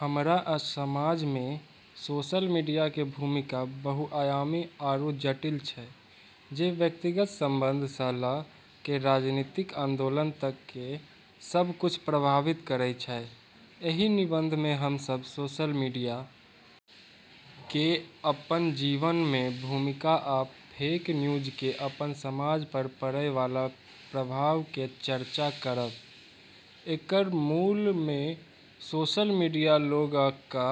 हमरऽ समाज मे सोशल मीडिया के भूमिका बहुआयामी आरू जटिल छै जे व्यक्तिगत संबंध स ल के राजनीतिक आन्दोलन तक के सब कुछ प्रभावित करै छै, एहि निबंध मे हम सब सोशल मीडिया के अपन जीवन में भूमिका आ फेक न्यूज के अपन समाज पर पड़य वाला प्रभाव के चर्चा करब, एकरऽ मूल मे सोशल मीडिया लोगऽ क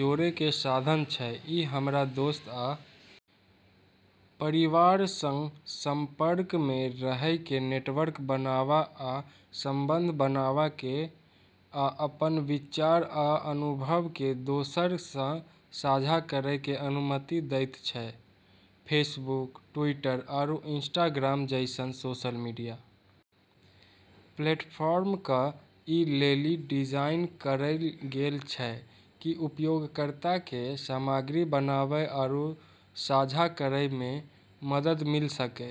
जोड़ै के साधन छै, इ हमरा दोस्त आ परिवार सं संपर्क मे रहय कें नेटवर्क बनावा आ संबंध बनावा कें आ अपन विचार आ अनुभव कें दोसर सं साझा करय कें अनुमति देयत छै, फेसबुक, ट्विटर आरू इंस्टाग्राम जैसनऽ सोशल मीडिया प्लेटफॉर्म क ई लेली डिजाइन करलऽ गेलऽ छै कि उपयोगकर्ता के सामग्री बनाबै आरू साझा करै मे मदद मिले सके,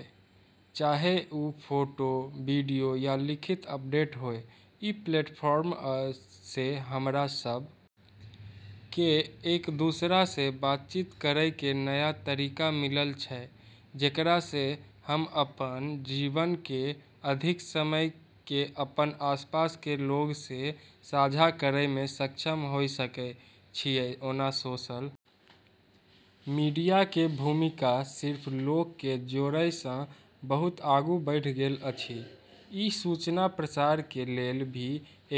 चाहे उ फोटो, वीडियो या लिखित अपडेट होय, ई प्लेटफार्मऽ से हमरा सब के एक-दूसरा से बातचीत करै के नया तरीका मिललऽ छै जेकरा से हम्म अपनऽ जीवन केरऽ अधिक समय के अपनऽ आसपास के लोगऽ से साझा करै मे सक्षम होय सकै छियै ओना सोशल मीडिया के भूमिका सिर्फ लोक के जोड़य सं बहुत आगू बढ़ि गेल अछि, ई सूचना प्रसार के लेलऽ भी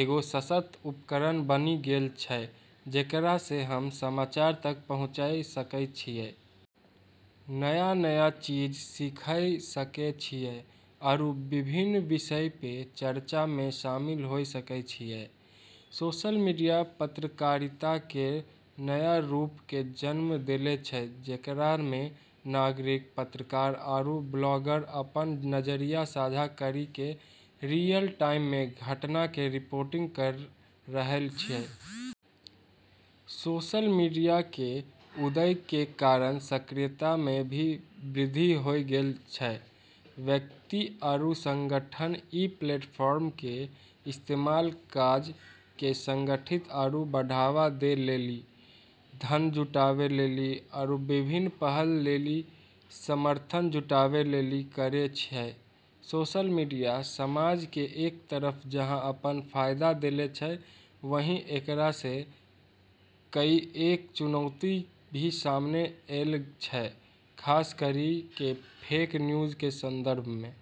एगो सशक्त उपकरण बनी गेलऽ छै जेकरा से हम्में समाचार तक पहुँचै सकै छियै, नया-नया चीज सीखै सकै छियै आरू विभिन्न विषयऽ पे चर्चा मे शामिल होय सकै छियै, सोशल मीडिया पत्रकारिता केरऽ नया रूप के जन्म देलै छै जेकरा मे नागरिक पत्रकार आरू ब्लॉगर अपनऽ नजरिया साझा करी के रियल टाइम मे घटना के रिपोर्टिंग करी रहलऽ छै। सोशल मीडिया केरऽ उदय के कारण सक्रियता मे भी वृद्धि होय गेलऽ छै, व्यक्ति आरू संगठन ई प्लेटफार्मऽ के इस्तेमाल काजऽ के संगठित आरू बढ़ावा दै लेली, धन जुटाबै लेली आरू विभिन्न पहलऽ लेली समर्थन जुटाबै लेली करै छै, सोशल मीडिया समाज के एक तरफ जहां अनेक फायदा देले छै, वहीं एकरा स कईएक चुनौती भी सामने ऐलऽ छै खास करी के फेक न्यूज के संदर्भ मे।